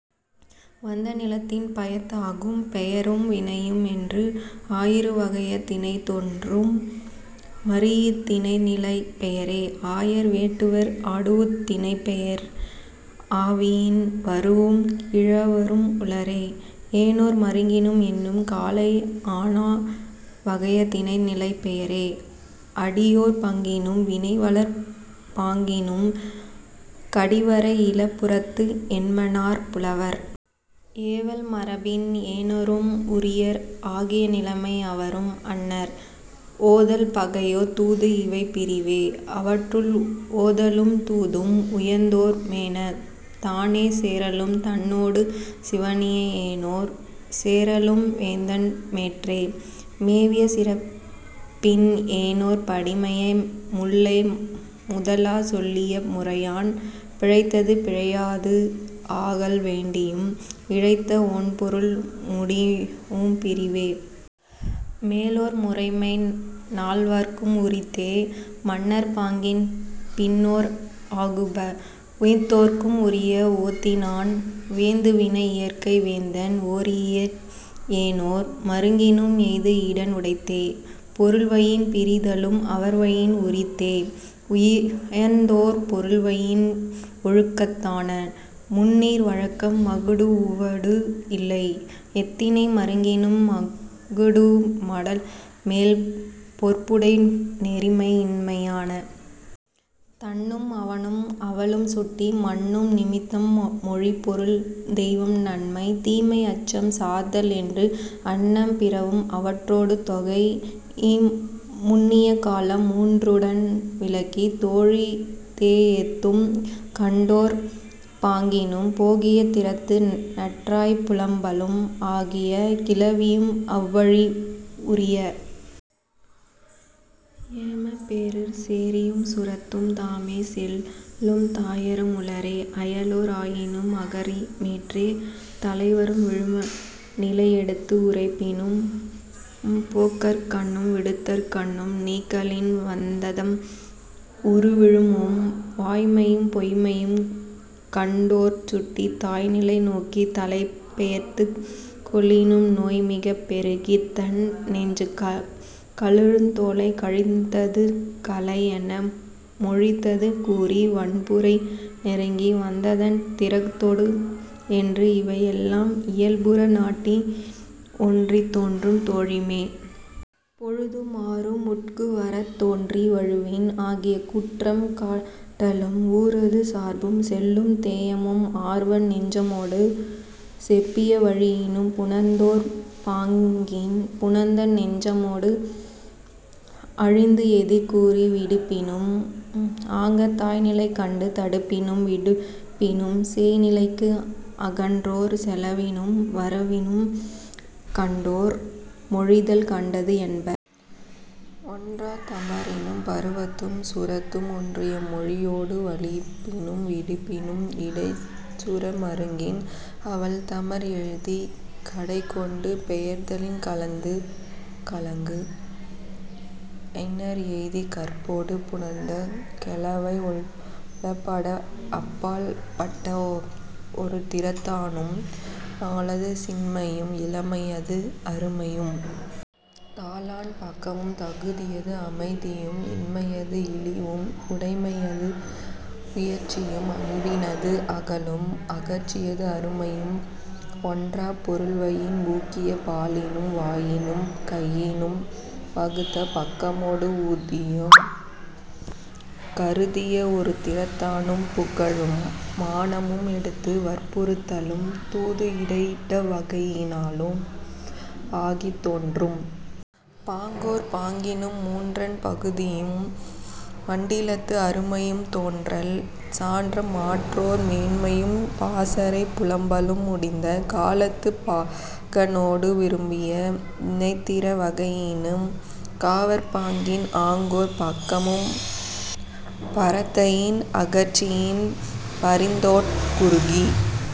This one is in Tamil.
வந்த நிலத்தின் பயத்த ஆகும். பெயரும் வினையும் என்று ஆயிரு வகைய திணைதொறும் மரீஇய திணை நிலைப் பெயரே. ஆயர் வேட்டுவர் ஆடூஉத் திணைப் பெயர் ஆவயின் வரூஉம் கிழவரும் உளரே. ஏனோர் மருங்கினும் எண்ணும் காலை ஆனா வகைய திணை நிலைப் பெயரே. அடியோர் பங்கினும் வினைவலர் பாங்கினும் கடிவரை இல புறத்து என்மனார் புலவர். ஏவல் மரபின் ஏனோரும் உரியர் ஆகிய நிலைமை அவரும் அன்னர். ஓதல் பகையே தூது இவை பிரிவே. அவற்றுள், ஓதலும் தூதும் உயர்ந்தோர் மேன. தானே சேறலும் தன்னொடு சிவணிய ஏனோர் சேறலும் வேந்தன் மேற்றே. மேவிய சிறப்பின் ஏனோர் படிமைய முல்லை முதலாச் சொல்லிய முறையான் பிழைத்தது பிழையாது ஆகல் வேண்டியும் இழைத்த ஒண் பொருள் முடியவும் பிரிவே. மேலோர் முறைமை நால்வர்க்கும் உரித்தே. மன்னர் பாங்கின் பின்னோர் ஆகுப. உயர்ந்தோர்க்கு உரிய ஓத்தினாந். வேந்து வினை இயற்கை வேந்தன் ஒரீஇய ஏனோர் மருங்கினும் எய்து இடன் உடைத்தே. பொருள்வயின் பிரிதலும் அவர்வயின் உரித்தே. உயர்ந்தோர் பொருள்வயின் ஒழுக்கத்தான. முந்நீர் வழக்கம் மகடூஉவொடு இல்லை. எத்திணை மருங்கினும் மகடூஉ மடல்மேல் பொற்புடை நெறிமை இன்மையான. தன்னும் அவனும் அவளும் சுட்டி மன்னும் நிமித்தம் மொழிப் பொருள் தெய்வம் நன்மை தீமை அச்சம் சார்தல் என்று அன்ன பிறவும் அவற்றொடு தொகைஇ முன்னிய காலம் மூன்றுடன் விளக்கி தோழி தேஎத்தும் கண்டோ ர் பாங்கினும் போகிய திறத்து நற்றாய் புலம்பலும் ஆகிய கிளவியும் அவ் வழி உரிய. ஏமப் பேரூர்ச் சேரியும் சுரத்தும் தாமே செல்லும் தாயரும் உளரே. அயலோர் ஆயினும் அகற்சி மேற்றே. தலைவரும் விழும நிலை எடுத்து உரைப்பினும் போக்கற்கண்ணும் விடுத்தற்கண்ணும் நீக்கலின் வந்த தம் உறு விழுமமும் வாய்மையும் பொய்ம்மையும் கண்டோ ற் சுட்டித் தாய் நிலை நோக்கித் தலைப்பெயர்த்துக் கொளினும் நோய் மிகப் பெருகித் தன் நெஞ்சு கலுழ்ந்தோளை கழிந்தது களை என மொழிந்தது கூறி வன்புறை நெருங்கி வந்ததன் திறத்தொடு என்று இவை எல்லாம் இயல்புற நாட்டின் ஒன்றித் தோன்றும் தோழி மேன். பொழுதும் ஆறும் உட்கு வரத் தோன்றி வழுவின் ஆகிய குற்றம் காட்டலும் ஊரது சார்பும் செல்லும் தேயமும் ஆர்வ நெஞ்சமொடு செப்பிய வழியினும் புணர்ந்தோர் பாங்கின் புணர்ந்த நெஞ்சமொடு அழிந்து எதிர் கூறி விடுப்பினும் ஆங்கத் தாய் நிலை கண்டு தடுப்பினும் விடுப்பினும் சேய் நிலைக்கு அகன்றோர் செலவினும் வரவினும் கண்டோ ர் மொழிதல் கண்டது என்ப. ஒன்றாத் தமரினும் பருவத்தும் சுரத்தும் ஒன்றிய மொழியொடு வலிப்பினும் விடுப்பினும் இடைச் சுர மருங்கின் அவள் தமர் எய்திக் கடைக் கொண்டு பெயர்தலின் கலங்கு அஞர் எய்திக் கற்பொடு புணர்ந்த கௌவை உளப்பட அப் பால் பட்ட ஒரு திறத்தானும் நாளது சின்மையும் இளமையது அருமையும் தாளாண் பக்கமும் தகுதியது அமைதியும் இன்மையது இளிவும் உடைமையது உயர்ச்சியும் அன்பினது அகலமும் அகற்சியது அருமையும் ஒன்றாப் பொருள்வயின் ஊக்கிய பாலினும் வாயினும் கையினும் வகுத்த பக்கமொடு ஊதியம் கருதிய ஒரு திறத்தானும் புகழும் மானமும் எடுத்து வற்புறுத்தலும் தூது இடையிட்ட வகையினானும் ஆகித் தோன்றும் பாங்கோர் பாங்கினும் மூன்றன் பகுதியும் மண்டிலத்து அருமையும் தோன்றல் சான்ற மாற்றோர் மேன்மையும் பாசறைப் புலம்பலும் முடிந்த காலத்துப் பாகனொடு விரும்பிய வினைத்திற வகையினும் காவற் பாங்கின் ஆங்கோர் பக்கமும் பரத்தையின் அகற்சியின் பரிந்தோட் குறுகி